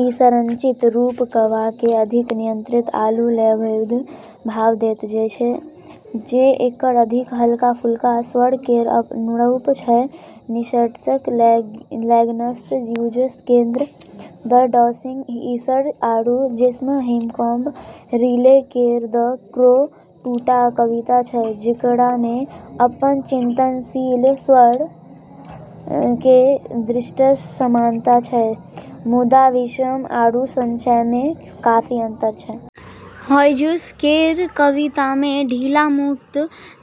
ई संरचित रूप कविताकेँ अधिक नियंत्रित आरू लयबद्ध भाव दैत छै, जे एकर अधिक हल्का-फुल्का स्वर केर अनुरूप छै। निष्कर्षतः लैंगस्टन ह्यूजेस केर द डांसिंग इंजर्ड आरू जेम्स व्हिटकॉम्ब रिले केर द क्रो दूटा कविता छै जेकरामे अपन चिंतनशील स्वर केर दृष्टिसँ समानता छै, मुदा विषय आरू संरचनामे काफी अंतर छै। ह्यूजेस केर कवितामे ढीला, मुक्त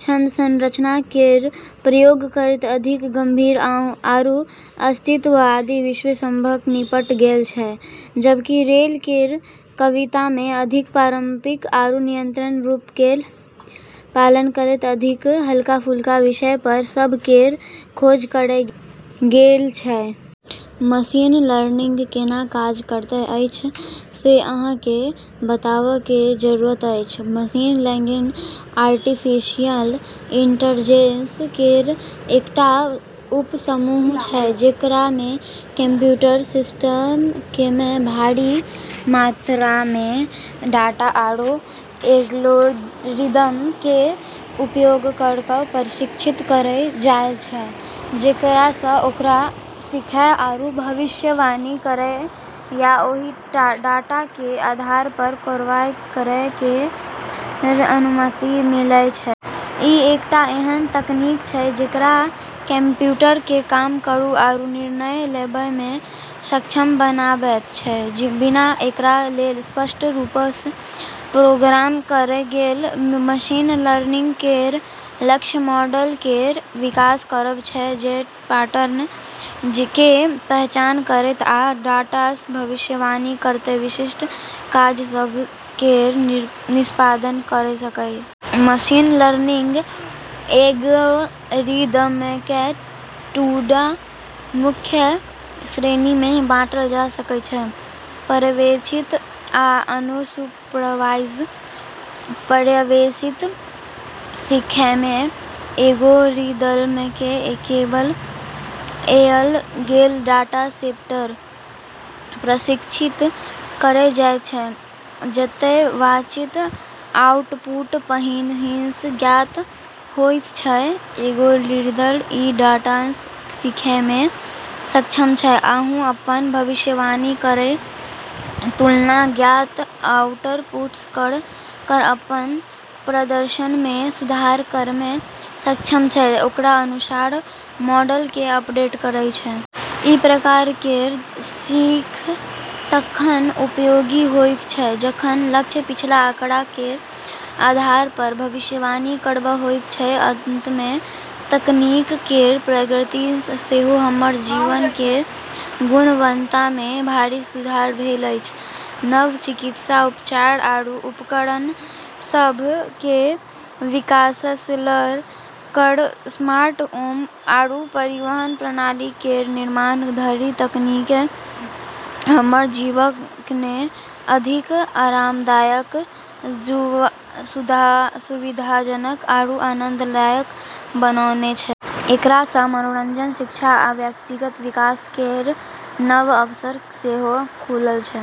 छंद संरचना केर प्रयोग करैत अधिक गंभीर आरू अस्तित्ववादी विषय सभसँ निपटल गेल छै, जबकि रिले केर कवितामे अधिक पारंपरिक आरू नियंत्रित रूप केर पालन करैत अधिक हल्का-फुल्का विषय सभ केर खोज कएल गेल छै। मशीन लर्निंग केना काज करैत अछि से अहाँकेँ बताबै केर जरूरत अछि। मशीन लर्निंग आर्टिफिशियल इंटेलिजेंस केर एकटा उपसमूह छै जेकरामे कंप्यूटर सिस्टमकेँ भारी मात्रामे डाटा आरू एल्गोरिदम केर उपयोग कऽ कऽ प्रशिक्षित कएल जाइत छै, जेकरासँ ओकरा सीखै आरू भविष्यवाणी करै या ओहि डाटा केर आधारपर कार्रवाई करै केर अनुमति मिलैत छै। ई एकटा एहन तकनीक छै जेकरासँ कंप्यूटरकेँ काम करै आरू निर्णय लेबैमे सक्षम बनाबैत छै, बिना एकरा लेल स्पष्ट रूपसँ प्रोग्राम कएल गेल। मशीन लर्निंग केर लक्ष्य मॉडल केर विकास करब छै जे पैटर्न केर पहचान करैत आ डाटासँ भविष्यवाणी करैत विशिष्ट काज सभ केर निष्पादन कऽ सकए। मशीन लर्निंग एल्गोरिदमकेँ दूटा मुख्य श्रेणीमे बाँटल जा सकैत छै: पर्यवेक्षित आ अनसुपरवाइज्ड। पर्यवेक्षित सीखैमे एल्गोरिदमकेँ लेबल कएल गेल डाटासेटपर प्रशिक्षित कएल जाइत छै, जतए वांछित आउटपुट पहिनहीसँ ज्ञात होइत छै। एल्गोरिदम ई डाटासँ सीखैमे सक्षम छै आरू अपन भविष्यवाणी केर तुलना ज्ञात आउटपुटसँ कऽ कऽ अपन प्रदर्शनमे सुधार करैमे सक्षम छै, ओकरा अनुसार मॉडलकेँ अपडेट कऽ कऽ। ई प्रकार केर सीख तखन उपयोगी होइत छै जखन लक्ष्य पिछला आँकड़ा केर आधारपर भविष्यवाणी करब होइत छै। अंतमे, तकनीक केर प्रगतिसँ सेहो हमर जीवन केर गुणवत्तामे भारी सुधार भेल अछि। नव चिकित्सा उपचार आरू उपकरण सभ केर विकाससँ लऽ कऽ स्मार्ट होम आरू परिवहन प्रणाली केर निर्माण धरि, तकनीकने हमर जीवनकेँ अधिक आरामदायक, सुविधाजनक, आरू आनंददायक बनौने छै। एकरासँ मनोरंजन, शिक्षा, आ व्यक्तिगत विकास केर नव अवसर सेहो खुलल छै।